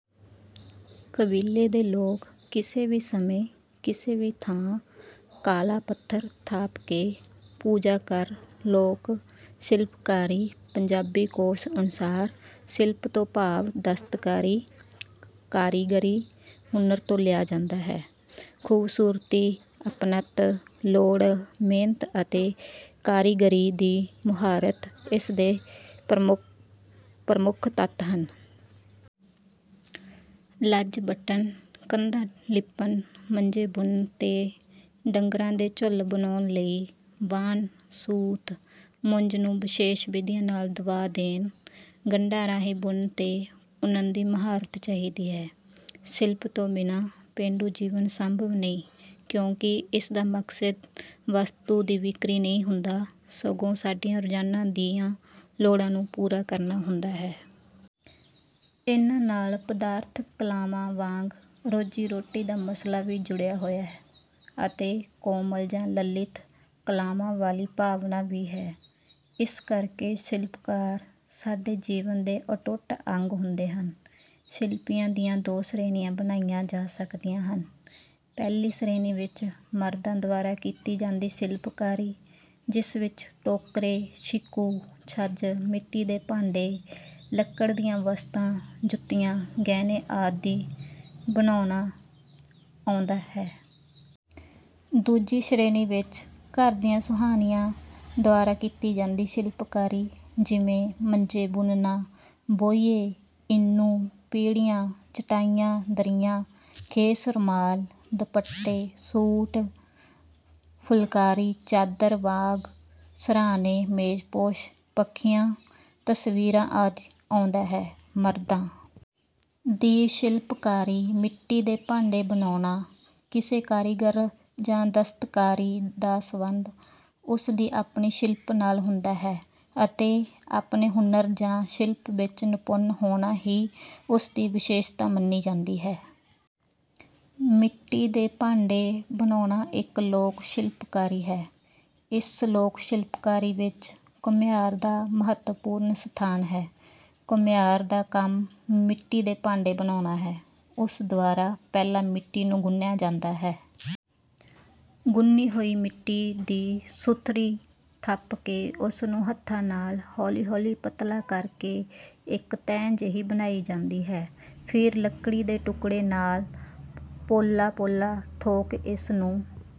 ਕਬੀਲੇ ਦੇ ਲੋਕ ਕਿਸੇ ਵੀ ਸਮੇਂ, ਕਿਸੇ ਵੀ ਥਾਂ, ਕਾਲਾ ਪੱਥਰ ਥਾਪ ਕੇ, ਪੂਜਾ ਕਰ। ਲੋਕ ਸ਼ਿਲਪਕਾਰੀਪੰਜਾਬੀ ਕੋਸ਼ ਅਨੁਸਾਰ ਸ਼ਿਲਪ ਤੋਂ ਭਾਵ ਦਸਤਕਾਰੀ, ਕਾਰੀਗਰੀ, ਹੁਨਰ ਤੋਂ ਲਿਆ ਜਾਂਦਾ ਹੈ। "ਖੂਬਸੂਰਤੀ, ਅਪਣੱਤ, ਲੋੜ, ਮਿਹਨਤ ਅਤੇ ਕਾਰੀਗਰੀ ਦੀ ਮੁਹਾਰਤ ਇਸ ਦੇ ਪ੍ਰਮੁੱਖ ਤੱਤ ਹਨ। ਲੱਜ ਵੱਟਣ, ਕੰਧਾਂ ਲਿਪਣ, ਮੰਜੇ ਬੁਣਨ ਤੇ ਡੰਗਰਾਂ ਦੇ ਝੁੱਲ ਬਣਾਉਣ ਲਈ ਵਾਣ, ਸੂਤ, ਮੁੰਜ ਨੂੰ ਵਿਸ਼ੇਸ਼ ਵਿਧੀਆਂ ਨਾਲ ਦਬਾ ਦੇਣ, ਗੰਢਾਂ ਰਾਹੀਂ ਬੁਣਨ ਤੇ ਉਣਨ ਦੀ ਮੁਹਾਰਤ ਚਾਹੀਦੀ ਹੈ। ਸ਼ਿਲਪ ਤੋਂ ਬਿਨਾਂ ਪੇਂਡੂ ਜੀਵਨ ਸੰਭਵ ਨਹੀਂ ਕਿਉਂਕਿ ਇਸ ਦਾ ਮਕਸਦ ਵਸਤੂ ਦੀ ਵਿਕਰੀ ਨਹੀਂ ਹੁੰਦਾ, ਸਗੋਂ ਸਾਡੀਆਂ ਰੋਜ਼ਾਨਾ ਦੀਆਂ ਲੋੜਾਂ ਨੂੰ ਪੂਰਾ ਕਰਨਾ ਹੁੰਦਾ ਹੈ। "ਇਨ੍ਹਾਂ ਨਾਲ ਪਦਾਰਥਕ ਕਲਾਵਾਂ ਵਾਂਗ ਰੋਜ਼ੀ-ਰੋਟੀ ਦਾ ਮਸਲਾ ਵੀ ਜੁੜਿਆ ਹੋਇਆ ਅਤੇ ਕੋਮਲ ਜਾਂ ਲਲਿਤ ਕਲਾਵਾਂ ਵਾਲੀ ਭਾਵਨਾ ਵੀ ਹੈ। ਇਸ ਕਰ ਕੇ ਸ਼ਿਲਪਕਾਰ ਸਾਡੇ ਜੀਵਨ ਦੇ ਅਟੁੱਟ ਅੰਗ ਹੁੰਦੇ ਹਨ। ਸ਼ਿਲਪੀਆਂ ਦੀਆਂ ਦੋ ਸ਼੍ਰੇਣੀਆਂ ਬਣਾਈਆਂ ਜਾ ਸਕਦੀਆਂ ਹਨ- ਪਹਿਲੀ ਸ਼ੇ੍ਰਣੀ ਵਿੱਚ ਮਰਦਾਂ ਦੁਆਰਾ ਕੀਤੀ ਜਾਂਦੀ ਸ਼ਿਲਪਕਾਰੀ, ਜਿਸ ਵਿੱਚ ਟੋਕਰੇ, ਛਿਕੂ, ਛੱਜ, ਮਿੱਟੀ ਦੇ ਭਾਂਡੇ, ਲੱਕੜ ਦੀਆਂ ਵਸਤਾਂ, ਜੁੱਤੀਆਂ, ਗਹਿਣੇ ਆਦਿ ਬਣਾਉਣਾ ਆਉਂਦਾ ਹੈ। ਦੂਜੀ ਸ਼੍ਰੇਣੀ ਵਿੱਚ ਘਰ ਦੀਆਂ ਸੁਆਣੀਆਂ ਦੁਆਰਾ ਕੀਤੀ ਜਾਂਦੀ ਸ਼ਿਲਪਾਕਰੀ, ਜਿਵੇਂ- ਮੰਜੇ ਬੁਣਨਾ, ਬੋਹੀਏ, ਇੰਨੂ, ਪੀੜ੍ਹੀਆਂ, ਚਟਾਈਆਂ ਦਰੀਆਂ, ਖੇਸ, ਰੁਮਾਲ, ਦੁਪੱਟੇ, ਸੂਟ, ਫੁਲਕਾਰੀ, ਚਾਦਰ, ਬਾਗ, ਸਰ੍ਹਾਣੇ, ਮੇਜ਼ ਪੋਸ਼, ਪੱਖੀਆਂ, ਤਸਵੀਰਾਂ ਆਦਿ ਆਉਂਦਾ ਹੈ। ਮਰਦਾਂ ਦੀ ਸ਼ਿਲਪਕਾਰੀਮਿੱਟੀ ਦੇ ਭਾਂਡੇਂ ਬਣਾਉਣਾ: ਕਿਸੇ ਕਾਰੀਗਰ ਜਾਂ ਦਸਤਕਾਰੀ ਦਾ ਸੰਬੰਧ ਉਸ ਦੀ ਆਪਣੀ ਸ਼ਿਲਪ ਨਾਲ ਹੁੰਦਾ ਹੈ ਅਤੇ ਆਪਣੇ ਹੁਨਰ ਜਾਂ ਸ਼ਿਲਪ ਵਿੱਚ ਨਿਪੁੰਨ ਹੋਣਾ ਹੀ ਉਸ ਦੀ ਵਿਸ਼ੇਸ਼ਤਾ ਮੰਨੀ ਜਾਂਦੀ ਹੈ। ਮਿੱਟੀ ਦੇ ਭਾਂਡੇ ਬਣਾਉਣਾ ਇੱਕ ਲੋਕ ਸ਼ਿਲਪਕਾਰੀ ਹੈ। ਇਸ ਲੋਕ ਸ਼ਿਲਪਕਾਰੀ ਵਿੱਚ ਘੁਮਿਆਰ ਦਾ ਮਹੱਤਵਪੂਰਨ ਸਥਾਨ ਹੈ। ਘੁਮਿਆਰ ਦਾ ਕੰਮ ਮਿੱਟੀ ਦੇ ਭਾਂਡੇ ਬਣਾਉਣਾ ਹੈ। ਉਸ ਦੁਆਰਾ ਪਹਿਲਾਂ ਮਿੱਟੀ ਨੂੰ ਗੁੰਨਿਆ ਜਾਂਦਾ ਹੈ। "ਗੁੰਨੀ ਹੋਈ ਮਿੱਟੀ ਦੀ ਸੁਥਰੀ ਥੱਪ ਕੇ ਉਸ ਨੂੰ ਹੱਥਾਂ ਨਾਲ ਹੌਲੀ-ਹੌਲੀ ਪਤਲਾ ਕਰ ਕੇ ਇੱਕ ਤਹਿ ਜਿਹੀ ਬਣਾਈ ਜਾਂਦੀ ਹੈ। ਫਿਰ ਲੱਕੜੀ ਦੇ ਟੁਕੜੇ ਨਾਲ ਪੋਲਾ ਪੋਲਾ ਠੋਕ ਇਸ ਨੂੰ...